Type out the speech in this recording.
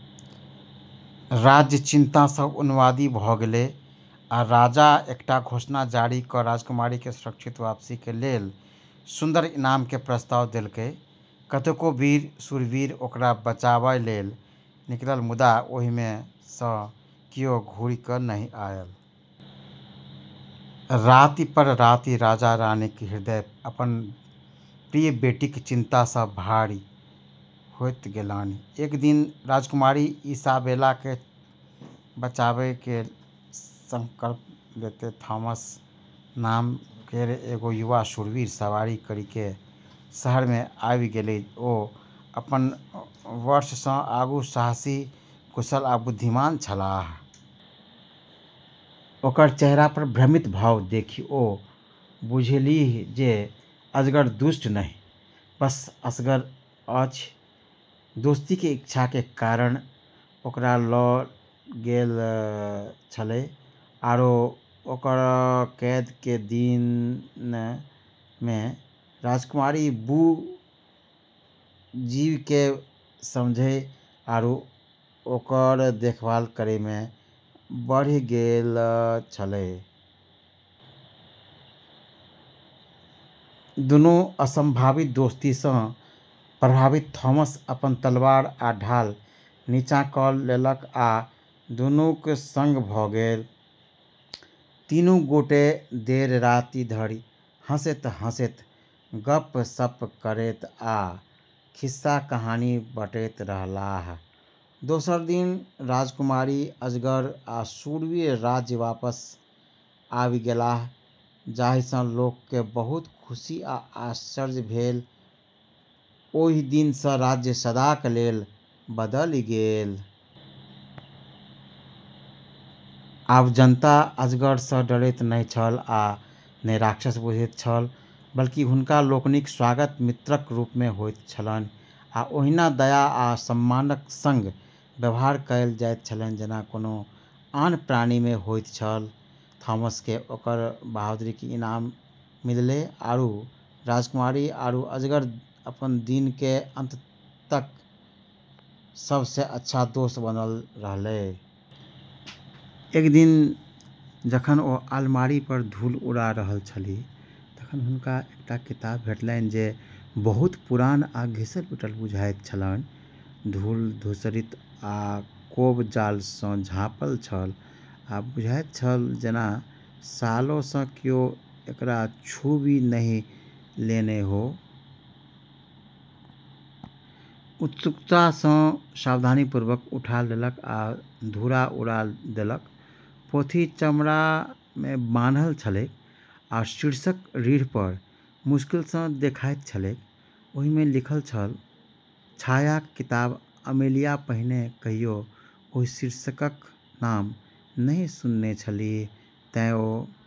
राज्य चिंता सॅं उन्मादी भ गेलै आ राजा एकटा घोषणा जारी क राजकुमारी के सुरक्षित वापसी के लेल सुन्दर इनाम के प्रस्ताव देलकै, कतेको वीर शूरवीर ओकरा बचाबय लेल निकलल मुदा ओहि मे सँ कियो घुरि क नहि आयल। राति पर राति राजा-रानीक हृदय अपन प्रिय बेटीक चिन्ता सँ भारी होइत गेलनि। एक दिन राजकुमारी इसाबेला के बचाबै के संकल्प लेते थॉमस नाम केरऽ एगो युवा शूरवीर सवारी करी के शहर मे आबी गेलै ओ अपन वर्षसँ आगू साहसी, कुशल आ बुद्धिमान छलाह। ओकर चेहरा पर भ्रमित भाव देखि ओ बुझेलीह जे अजगर दुष्ट नहि, बस असगर अछि। दोस्ती के इच्छा के कारण ओकरा ल गेलऽ छेलै आरो ओकरऽ कैद के दिनऽ में राजकुमारी वू जीव के समझै आरू ओकरऽ देखभाल करै में बढ़ी गेलऽ छेलै। दुनूक असंभावित दोस्ती सँ प्रभावित थॉमस अपन तलवार आ ढाल नीचाँ क लेलक आ दुनूक संग भ गेल। तीनू गोटे देर राति धरि हँसैत-हँसैत, गप्प-सप्प करैत आ खिस्सा-कहानी बँटैत रहलाह। दोसर दिन राजकुमारी, अजगर आ शूरवीर राज्य वापस आबि गेलाह जाहि सं लोक के बहुत खुशी आ आश्चर्य भेल, ओहि दिन सँ राज्य सदाक लेल बदलि गेल। आब जनता अजगर स डरैत नहि छल आ ने राक्षस बुझैत छल। बल्कि हुनका लोकनिक स्वागत मित्रक रूप मे होइत छलनि आ ओहिना दया आ सम्मानक संग व्यवहार कयल जाइत छलनि जेना कोनो आन प्राणी मे होइत छल थॉमस के ओकरऽ बहादुरी के इनाम मिललै, आरू राजकुमारी आरू अजगर अपनऽ दिन के अंत तक सबसें अच्छा दोस्त बनलऽ रहलै। एक दिन जखन ओ अलमारी पर धूल उड़ा रहल छलीह तखन हुनका एकटा किताब भेटलनि जे बहुत पुरान आ घिसल-पिटल बुझाइत छलनि। धूल-धूसरित आ कोब-जालसँ झाँपल छल आ बुझाइत छल जेना सालोंसँ कियो एकरा छूबि नहि लेने हो। उत्सुकतासँ ओ सावधानीपूर्वक उठा लेलक आ धूरा उड़ा देलक। पोथी चमड़ा मे बान्हल छलैक, आ शीर्षक रीढ़ पर मुश्किल सँ देखाइत छलैक। ओहि मे लिखल छल, छायाक किताब अमेलिया पहिने कहियो ओहि शीर्षकक नाम नहि सुनने छलीह, तें ओ